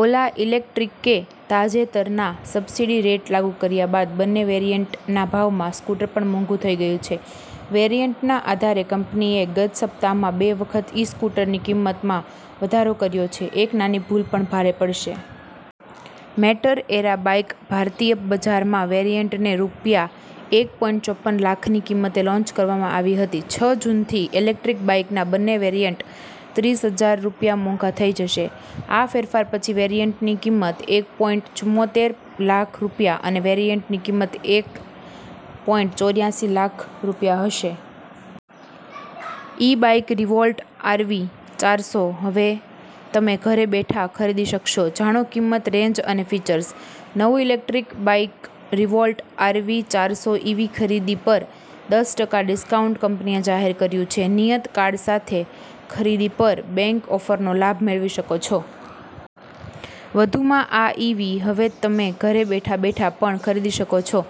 ઓલા ઈલેક્ટ્રિકે તાજેતરના subsidy rate લાગુ કર્યા બાદ બંને વેરિઅન્ટના ભાવમાં સ્કૂટર પણ મોંઘુ થઈ ગયું છે. વેરિઅન્ટના આધારે, કંપનીએ ગત સપ્તાહમાં બે વખત ઈ-સ્કૂટરની કિંમતમાં વધારો કર્યો છે. એક નાની ભૂલ પણ ભારે પડશે. મેટર એરા બાઇક ભારતીય બજારમાં વેરિયન્ટને રૂપિયા એક પોઈંટ ચોપન લાખની કિંમતે લોન્ચ કરવામાં આવી હતી. છ જૂનથી ઇલેક્ટ્રિક બાઇકના બંને વેરિઅન્ટ ત્રીસ હજાર રૂપિયા મોંઘા થઈ જશે. આ ફેરફાર પછી, વેરિયન્ટની કિંમત એક પોઈંટ ચુંમોતેર લાખ રૂપિયા અને વેરિયન્ટની કિંમત એક પોઈંટ ચોર્યાસી લાખ રૂપિયા હશે. ઇ બાઇક રિવોલ્ટ આરવી ચારસો હવે તમે ઘરે બેઠા ખરીદી શકશો, જાણો કિંમત રેન્જ અને ફિચર્સ. નવું ઇલેકટ્રીક બાઇક રિવોલ્ટ આરવી ચારસો ઇવી ખરીદી પર દસ ટકા ડિસ્કાઉન્ટ કંપનીએ જાહેર કર્યું છે. નિયત કાર્ડ સાથે ખરીદી પર બેંક ઓફરનો લાભ મેળવી શકો છો. વધુમાં આ ઇવી હવે તમે ઘરે બેઠા બેઠા પણ ખરીદી કરી શકો છો.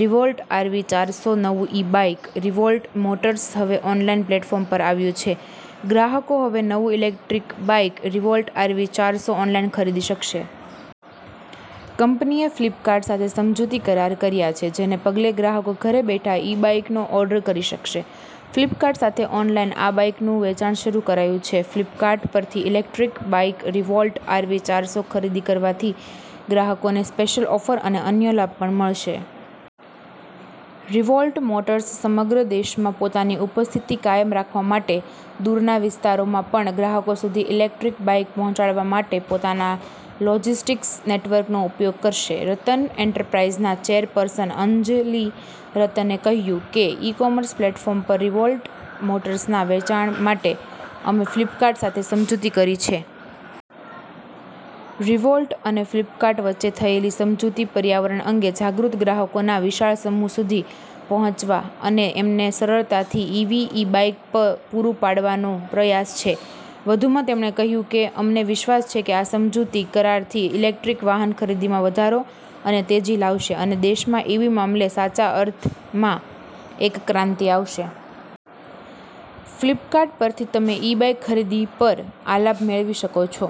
રિવોલ્ટ આરવી ચારસો નવું ઇ બાઇક રિવોલ્ટ મોટર્સ હવે ઓનલાઇન પ્લેટફોર્મ પર આવ્યું છે. ગ્રાહકો હવે નવું ઇલેકટ્રીક બાઇક રિવોલ્ટ આરવી ચારસો ઓનલાઇન ખરીદી શકશે. કંપનીએ ફ્લિપકાર્ટ સાથે સમજૂતી કરાર કર્યા છે જેને પગલે ગ્રાહકો ઘરે બેઠા ઇ બાઇકનો ઓર્ડર કરી શકશે. ફ્લિપકાર્ટ સાથે ઓનલાઇન આ બાઇકનું વેચાણ શરૂ કરાયું છે. ફ્લિપકાર્ટ પરથી ઇલેકટ્રિક બાઇક રિવોલ્ટ આરવી ચારસો ખરીદી કરવાથી ગ્રાહકોને સ્પેશિયલ ઓફર અને અન્ય લાભ પણ મળશે. રિવોલ્ટ મોર્ટસ સમગ્ર દેશમાં પોતાની ઉપસ્થિતિ કાયમ રાખવા માટે દૂરના વિસ્તારોમાં પણ ગ્રાહકો સુધી ઇલેકટ્રિક બાઇક પહોંચાડવા માટે પોતાના લોજિસ્ટિકસ નેટવર્કનો ઉપયોગ કરશે. રતન એન્ટરપ્રાઇસના ચેરપર્સન અંજલિ રતને કહ્યું કે, ઇ-કોમર્સ પ્લેટફોર્મ પર રિવોલ્ટ મોટર્સના વેચાણ માટે અમે ફ્લિપકાર્ટ સાથે સમજૂતી કરી છે. રિવોલ્ટ અને ફ્લિપકાર્ટ વચ્ચે થયેલી સમજૂતી પર્યાવરણ અંગે જાગૃત ગ્રાહકોના વિશાળ સમૂહ સુધી પહોંચવા અને એમને સરળતાથી ઇવી ઇ બાઇક પુરૂ પાડવાનો પ્રયાસ છે. વધુમાં તેમણે કહ્યું કે, અમને વિશ્વાસ છે કે આ સમજૂતી કરારથી ઇલેકટ્રિક વાહન ખરીદીમાં વધારો અને તેજી લાવશે અને દેશમાં ઇવી મામલે સાચા અર્થમાં એક ક્રાંતિ આવશે. ફ્લિપકાર્ટ પરથી તમે ઇ બાઇક ખરીદી પર આ લાભ મેળવી શકો છો.